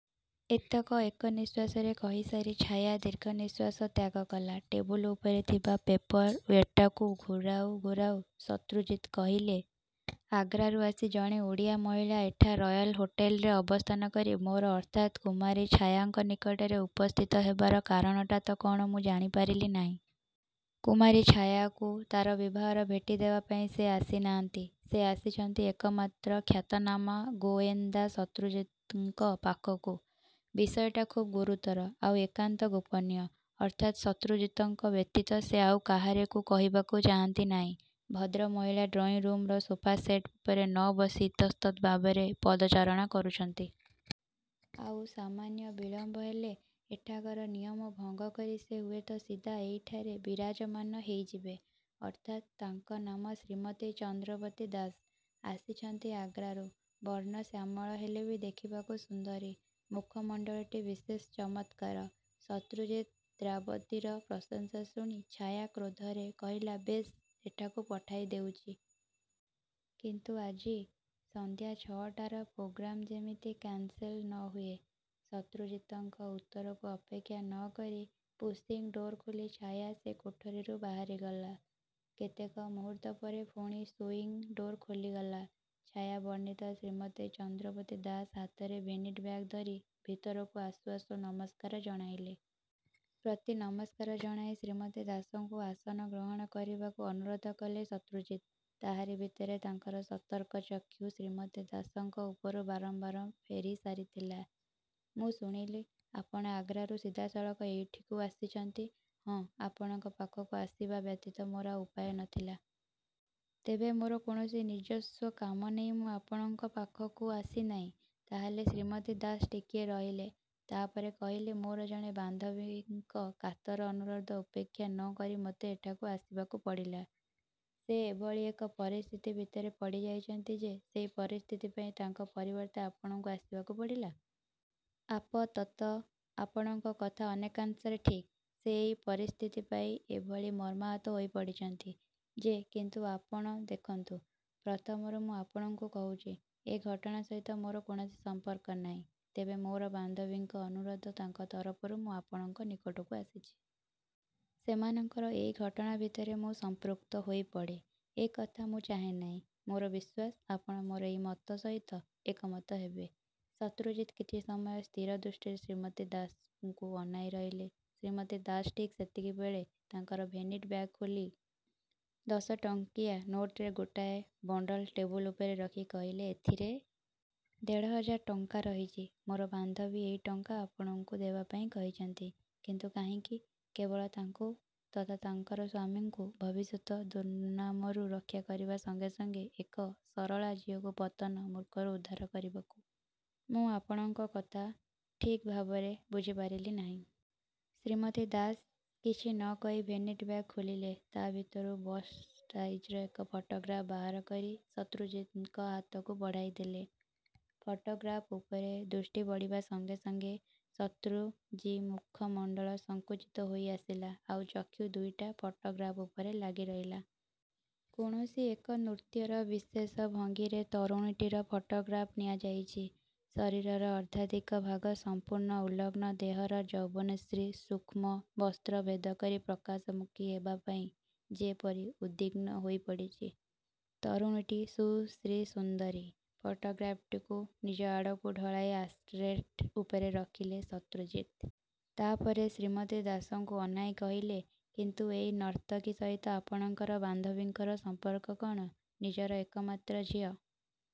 ଏତକ ଏକନିଶ୍ୱାସରେ କହିସାରି ଛାୟା ଦୀର୍ଘ ନିଶ୍ୱାସ ତ୍ୟାଗ କଲା। ଟେବୁଲ ଉପରେ ଥିବା ପେପରଓ୍ୱେଟ୍ଟାକୁ ଘୁରାଉ ଘୁରାଉ ଶତ୍ରୁଜିତ୍ କହିଲେ । ଆଗ୍ରାରୁ ଆସି ଜଣେ ଓଡ଼ିଆ ମହିଳା ଏଠା ରୟଲ ହୋଟେଲରେ ଅବସ୍ଥାନ କରି ମୋର ଅର୍ଥାତ୍ କୁମାରୀ ଛାୟାଙ୍କ ନିକଟରେ ଉପସ୍ଥିତ ହେବାର କାରଣଟା ତ କଣ ମୁଁ ଜାଣିପାରିଲି ନାହିଁ? କୁମାରୀ ଛାୟାକୁ ତା'ର ବିବାହର ଭେଟି ଦେବାପାଇଁ ସେ ଆସିନାହାନ୍ତି। ସେ ଆସିଛନ୍ତି ଏକମାତ୍ର ଖ୍ୟାତନାମା ଗୋଏନ୍ଦା ଶତ୍ରୁଜିତଙ୍କ ପାଖକୁ। ବିଷୟଟା ଖୁବ୍ ଗୁରୁତର। ଆଉ ଏକାନ୍ତ ଗୋପନୀୟ। ଅର୍ଥାତ୍ ଶତ୍ରୁଜିତଙ୍କ ବ୍ୟତୀତ ସେ ଆଉ କାହାରିକୁ କହିବାକୁ ଚାହାନ୍ତି ନାହିଁ। ଭଦ୍ରମହିଳା ଡ୍ରଇଂ ରୁମର ସୋଫାସେଟ ଉପରେ ନ ବସି ଇତସ୍ତତଃ ଭାବରେ ପଦଚାରଣା କରୁଛନ୍ତି । ଆଉ ସାମାନ୍ୟ ବିଳମ୍ବ ହେଲେ ଏଠାକାର ନିୟମ ଭଙ୍ଗ କରି ସେ ହୁଏତ ସିଧା ଏଇଠାରେ ବିରାଜମାନ ହେଇଯିବେ। ଅର୍ଥାତ୍ ତାଙ୍କ ନାମ ଶ୍ରୀମତୀ ଚନ୍ଦ୍ରବତୀ ଦାସ। ଆସିଛନ୍ତି ଆଗ୍ରାରୁ ବର୍ଣ୍ଣ ଶ୍ୟାମଳ ହେଲେ ବି ଦେଖିବାକୁ ସୁନ୍ଦରୀ। ମୁଖମଣ୍ତଳଟି ବିଶେଷ ଚମତ୍କାର। ଶତ୍ରୁଜିତ୍ ନ୍ଦ୍ରାବତୀର ପ୍ରଶଂସା ଶୁଣି ଛାୟା କ୍ରୋଧରେ କହିଲା ବେଶ୍ ଏଠାକୁ ପଠାଇ ଦେଉଛି। କିନ୍ତୁ ଆଜି ସନ୍ଧ୍ୟା ଛଅଟାର ପ୍ରୋଗ୍ରାମ ଯେମିତି କାନସେଲ ନ ହୁଏ! ଶତ୍ରୁଜିତଙ୍କ ଉତ୍ତରକୁ ଅପେକ୍ଷା ନ କରି ପୁସିଙ୍ଗ୍ ଡୋର ଖୋଲି ଛାୟା ସେ କୋଠରିରୁ ବାହାରିଗଲା। କେତେକ ମୁହୂର୍ତ୍ତ ପରେ ପୁଣି ସୁଇଂ ଡୋର ଖୋଲିଗଲା। ଛାୟାବର୍ଣ୍ଣିତ ଶ୍ରୀମତୀ ଚନ୍ଦ୍ରବତୀ ଦାସ ହାତରେ ଭେନିଟି ବ୍ୟାଗ ଧରି ଭିତରକୁ ଆସୁ ଆସୁ ନମସ୍କାର ଜଣାଇଲେ। ପ୍ରତିନମସ୍କାର ଜଣାଇ ଶ୍ରୀମତୀ ଦାସଙ୍କୁ ଆସନ ଗ୍ରହଣ କରିବାକୁ ଅନୁରୋଧ କଲେ ଶତ୍ରୁଜିତ୍। ତାହାରି ଭିତରେ ତାଙ୍କର ସତର୍କ ଚକ୍ଷୁ ଶ୍ରୀମତୀ ଦାସଙ୍କ ଉପରୁ ବାରମ୍ବାର ଫେରିସାରିଥିଲା। ମୁଁ ଶୁଣିଲି, ଆପଣ ଆଗ୍ରାରୁ ସିଧାସଳଖ ଏଇଠିକୁ ଆସିଛନ୍ତି ହଁ, ଆପଣଙ୍କ ପାଖକୁ ଆସିବା ବ୍ୟତୀତ ମୋର ଆଉ ଉପାୟ ନ ଥିଲା। ତେବେ ମୋର କୌଣସି ନିଜସ୍ୱ କାମ ନେଇ ମୁଁ ଆପଣଙ୍କ ପାଖକୁ ଆସିନାହିଁ। ତା ହେଲେ ଶ୍ରୀମତୀ ଦାସ ଟିକିଏ ରହିଲେ। ତା ପରେ କହିଲେ ମୋର ଜଣେ ବାନ୍ଧବୀଙ୍କ କାତର ଅନୁରୋଧ ଉପେକ୍ଷା ନ କରି ମୋତେ ଏଠକୁ ଆସିବାକୁ ପଡ଼ିଲା। ସେ ଏଭଳି ଏକ ପରିସ୍ଥିତି ଭିତରେ ପଡ଼ିଯାଇଛନ୍ତି ଯେ ସେଇ ପରିସ୍ଥିତି ପାଇଁ ତାଙ୍କ ପରିବର୍ତ୍ତେ ଆପଣଙ୍କୁ ଆସିବାକୁ ପଡ଼ିଲା? ଆପ ତତଃ ଆପଣଙ୍କ କଥା ଅନେକାଂଶରେ ଠିକ୍। ସେ ଏଇ ପରିସ୍ଥିତି ପାଇଁ ଏଭଳି ମର୍ମାହତ ହୋଇପଡ଼ିଛନ୍ତି ଯେ କିନ୍ତୁ ଆପଣ ଦେଖନ୍ତୁ, ପ୍ରଥମରୁ ମୁଁ ଆପଣଙ୍କୁ କହୁଛି ।ଏ ଘଟଣା ସହିତ ମୋର କୌଣସି ସମ୍ପର୍କ ନାହିଁ। ତେବେ ମୋର ବାନ୍ଧବୀଙ୍କ ଅନୁରୋଧରେ ତାଙ୍କ ତରଫରୁ ମୁଁ ଆପଣଙ୍କ ନିକଟକୁ ଆସିଛି। ସେମାନଙ୍କର ଏଇ ଘଟଣା ଭିତରେ ମୁଁ ସଂପୃକ୍ତ ହୋଇପଡ଼େଁ ଏ କଥା ମୁଁ ଚାହେ ନାହିଁ। ମୋର ବିଶ୍ୱାସ, ଆପଣ ମୋର ଏଇ ମତ ସହିତ ଏକମତ ହେବେ। ଶତ୍ରୁଜିତ୍ କିଛି ସମୟ ସ୍ଥିର ଦୃଷ୍ଟିରେ ଶ୍ରୀମତୀ ଦାସଙ୍କୁ ଅନାଇ ରହିଲେ। ଶ୍ରୀମତୀ ଦାସ ଠିକ୍ ସେତିକିବେଳେ ତାଙ୍କର ଭେନିଟି ବ୍ୟାଗ ଖୋଲି ଦଶଟଙ୍କିଆ ନୋଟରେ ଗୋଟାଏ ବଣ୍ତଲ ଟେବୁଲ ଉପରେ ରଖି କହିଲେ ।ଏଥିରେ ଦେଢ଼ହଜାର ଟଙ୍କା ରହିଛି। ମୋର ବାନ୍ଧବୀ ଏଇ ଟଙ୍କା ଆପଣଙ୍କୁ ଦେବାପାଇଁ କହିଛନ୍ତି। କିନ୍ତୁ କାହିଁକି? କେବଳ ତାଙ୍କୁ ତଥା ତାଙ୍କର ସ୍ୱାମୀଙ୍କୁ ଭବିଷ୍ୟତ ଦୁର୍ନାମରୁ ରକ୍ଷା କରିବା ସଙ୍ଗେ ସଙ୍ଗେ ଏକ ସରଳା ଝିଅକୁ ପତନ ମୂଖରୁ ଉଦ୍ଧାର କରିବାକୁ। ମୁଁ ଆପଣଙ୍କ କଥା ଠିକ୍ ଭାବରେ ବୁଝିପାରିଲି ନାହିଁ। ଶ୍ରୀମତୀ ଦାସ କିଛି ନ କହି ଭେନିଟି ବ୍ୟାଗ ଖୋଲିଲେ। ତା ଭିତରୁ ବଷ୍ଟ୍ ସାଇଜର ଏକ ଫଟୋଗ୍ରାଫ୍ ବାହାରକରି ଶତ୍ରୁଜିତଙ୍କ ହାତକୁ ବଢ଼ାଇଦେଲେ। ଫଟୋଗ୍ରାଫ୍ ଉପରେ ଦୃଷ୍ଟି ପଡ଼ିବା ସଙ୍ଗେ ସଙ୍ଗେ ସତ୍ରୁଜିତ୍ମୂଖମଣ୍ତଳ ସଂକୁଚିତ ।ହୋଇଆସିଲା। ଆଉ ଚକ୍ଷୁ ଦୁଇଟା ଫଟୋଗ୍ରାଫ୍ ଉପରେ ଲାଗିରହିଲା। କୌଣସି ଏକ ନୃତ୍ୟର ବିଶେଷ ଭଙ୍ଗୀରେ ତରୁଣୀଟିର ଫଟୋଗ୍ରାଫ୍ ନିଆଯାଇଛି। ଶରୀରର ଅର୍ଦ୍ଧାଧିକ ଭାଗ ସମ୍ପୂର୍ଣ୍ଣ ଉଲଗ୍ନ। ଦେହର ଯୌବନଶ୍ରୀ ସୂକ୍ଷ୍ମ ବସ୍ତ୍ର ଭେଦ କରି ପ୍ରକାଶମୂଖୀ ହେବାପାଇଁ ଯେପରି ଉଦ୍ବିଘ୍ନ ହୋଇପଡ଼ିଛି। ତରୁଣୀଟି ସୁଶ୍ରୀସୁନ୍ଦରୀ। ଫଟୋଗ୍ରାଫ୍ଟିକୁ ନିଜଆଡ଼କୁ ଢଳାଇ ଆସଟ୍ରେ ଉପରେ ରଖିଲେ ଶତ୍ରୁଜିତ୍। ତା ପରେ ଶ୍ରୀମତୀ ଦାସଙ୍କୁ ଅନାଇ କହିଲ କିନ୍ତୁ ଏଇ ନର୍ତ୍ତକୀ ସହିତ ଆପଣଙ୍କର ବାନ୍ଧବୀଙ୍କର ସମ୍ପର୍କ କଣ? ନିଜର ଏକମାତ୍ର ଝିଅ।